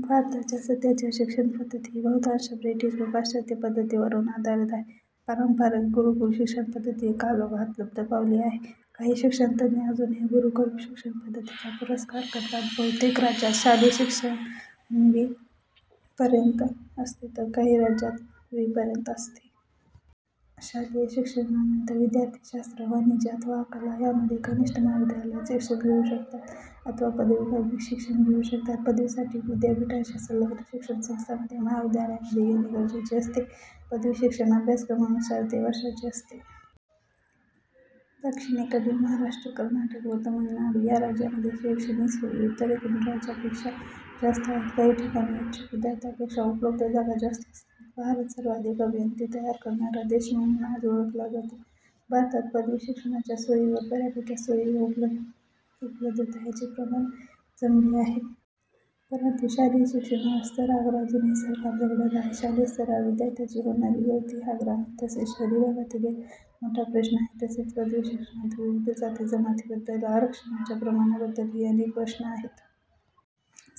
भारताच्या सध्याची शिक्षणपद्धती ही बहुतांशी ब्रिटिश व पाश्चात्य पद्धतीवरून आधारित आहे. पारंपारिक गुरूकूल शिक्षणपद्धती कालौघात लुप्त पावली आहे. काही शिक्षणतज्ञ अजूनही गुरूकूल शिक्षणपद्धतीचा पुरस्कार करतात. बहुतेक राज्यांत शालेय शिक्षण वी पर्यंत असते तर काही राज्यात वी पर्यंत असते. शालेय शिक्षणानंतर विद्यार्थी शास्त्र, वाणिज्य अथवा कला यामध्ये कनिष्ठ महाविद्यालयात शिक्षण घेऊ शकतात अथवा पदविका शिक्षण घेऊ शकतात. पदवीसाठी विद्यापीठाशी संलग्न शिक्षणसंस्थांमध्ये महाविद्यालयांमध्ये घेणे गरजेचे असते. पदवी शिक्षण अभ्यासक्रमानुसार ते वर्षाचे असते. दक्षिणेकडील महाराष्ट्र, कर्नाटक व तमिळनाडू या राज्यांमध्ये शैक्षणिक सोयी उत्तरेकडील राज्यांपेक्षा जास्त आहेत. काही ठिकाणी इच्छुक विद्यार्थ्यांपेक्षा उपलब्ध जागा जास्त असतात. भारत सर्वाधिक अभियंते तयार करणारा देश म्हणून आज ओळखला जातो. भारतात पदवी शिक्षणाच्या सोयींवर बऱ्यापैकी सोयी व उपलब्धता यांचे प्रमाण जमलेले आहे. परंतु शालेय शिक्षणावर स्तरावर अजूनही सरकार झगडत आहे. शालेय स्तरावर विद्यार्थ्यांची होणारी गळती हा ग्रामीण तसेच शहरी भागातील एक मोठा प्रश्न आहे. तसेच पदवी शिक्षणात विविध जाती जमातींबद्दलच्या आरक्षणाच्या प्रमाणाबद्दलही अनेक प्रश्न आहेत.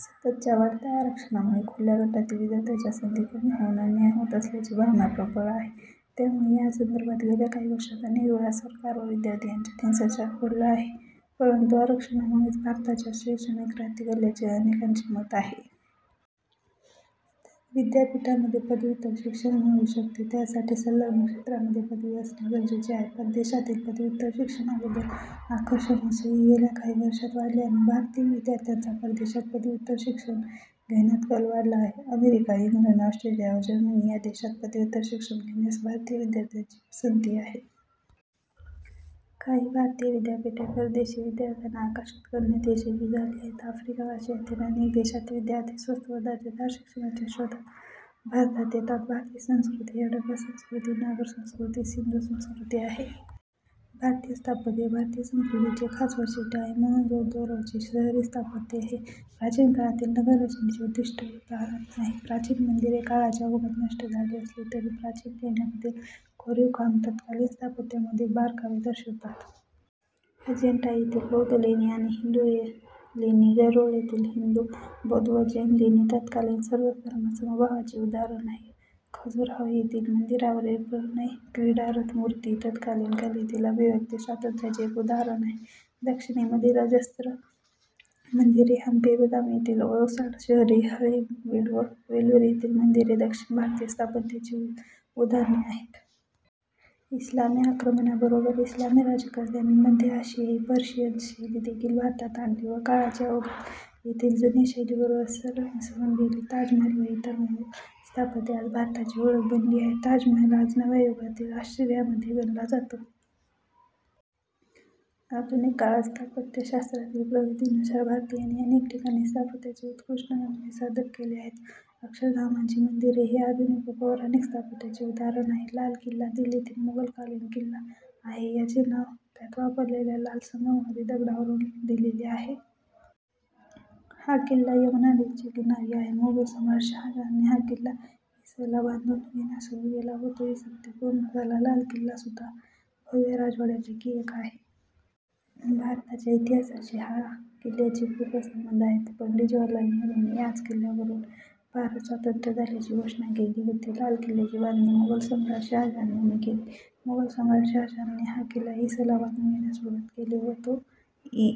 सततच्या वाढत्या आरक्षणामुळे खुल्या गटातील विद्यार्थ्यांच्या संधी कमी होउन अन्याय होत असल्याची भावनाही प्रबळ आहे, त्यामुळे या संदर्भात गेल्या काही वर्षात अनेक वेळा सरकार व विद्यार्थी यांच्यात हिंसाचार घडला आहे. परंतु आरक्षणामुळेच भारताच्या शैक्षणिक क्रांती घडल्याचे अनेकांचे मत आहे. विद्यापीठांमध्ये पदव्युत्तर शिक्षणही मिळू शकते त्यासाठी संलग्न क्षेत्रामध्ये पदवी असणे गरजेचे आहे. परदेशातील पदव्युत्तर शिक्षणाबद्दल आकर्षण व सोयी गेल्या काही वर्षात वाढल्याने भारतीय विद्यार्थ्यांचा परदेशात पदव्युत्तर शिक्षण घेण्यात कल वाढला आहे. अमेरिका, इंग्लंड, ऑस्ट्रेलिया व जर्मनी या देशांमध्ये पदव्युत्तर शिक्षण घेण्यास भारतीय विद्यार्थ्यांची पसंती असते. काही भारतीय विद्यापीठे परदेशी विद्यार्थ्यांनाही आकर्षित करण्यात यशस्वी झाली आहेत. आफ्रिका व आशियातील अनेक देशातील विद्यार्थी स्वस्त व दर्जेदार शिक्षणाच्या शोधात भारतात येतात. भारतीय संस्कृती ही हडप्पा संस्कृती, नागर संस्कृती, सिंधू संस्कृती आहे. भारतीय स्थापत्य हे भारतीय संस्कृतीचे खास वैशिष्ट्य आहे. मोहेंजोदारोचे शहरी स्थापत्य हे प्राचीनकाळातील नगर रचनेचे उत्कृष्ट उदाहरण आहे. प्राचीन मंदिरे काळाच्या ओघात नष्ट झाली असली तरी, प्राचीन लेण्यांमधील कोरीव काम तत्कालीन स्थापत्यामधील बारकावे दर्शवतात. अजिंठा येथील बौद्ध लेणी आणि हिंदू लेणी, वेरूळ येथील हिंदू, बौद्ध व जैन लेणी तत्कालीन सर्वधर्मसमभावाचे उदाहरण आहे. खजुराहो येथील मंदिरांवरील प्रणयक्रीडारत मूर्ती तत्कालीन कलेतील अभिव्यक्ती स्वातंत्र्याचे एक उदाहरण आहे. दक्षिणेमधील अजस्त्र मंदिरे, हंपी बदामी येथील ओसाड शहरे, हळेबीड व वेलूर येथील मंदिरे दक्षिण भारतीय स्थापत्यांची उदाहरणे आहेत. इस्लामी आक्रमणाबरोबर इस्लामी राज्यकर्त्यांनी मध्य अशियाई, पर्शियन शैली देखील भारतात आणली व काळाच्या ओघात येथील जुन्या शैलीबरोबर सरमिसळून गेली. ताजमहाल व इतर मुघल स्थापत्ये आज भारताची ओळख बनली आहेत. ताजमहाल आज नव्या युगातील आश्चर्यांमध्ये गणला जातो. आधुनिक काळात स्थापत्यशास्त्रातील प्रगतीनुसार भारतीयांनी अनेक ठिकाणी स्थापत्याचे उत्कृष्ट नमुने सादर केले आहेत, अक्षरधामची मंदिरे हे आधुनिक व पौराणिक स्थापत्याचे उदाहरण आहे. लाल किल्ला दिल्लीतील मुघलकालीन किल्ला आहे. याचे नाव त्यात वापरलेल्या लाल संगमरवरी दगडावरून दिलेले आहे. हा किल्ला यमुना नदीच्या किनारी आहे. मोगल सम्राट शाहजहानने हा किल्ला इ. स. ला बांधून घेण्यास सुरू केले व तो इ. स. मध्ये पूर्ण झाला. लाल किल्ला हा सुद्धा भव्य राजवाडयापैकी एक आहे. भारताच्या इतिहासाशी हा किल्ल्याचे खुपच संबध आहेत. पंडित जवाहरलाल नेहरूंनी याच किल्ल्यावरून भारत स्वंतत्र झाल्याची घोषणा केली होती. लाल किल्ल्याची बांधणी मुघल सम्राट शाहजहान यांनी केली. मुघल सम्राट शाहजहानने हा किल्ला इ. स. ला बांधून घेण्यास सुरू केले व तो इ.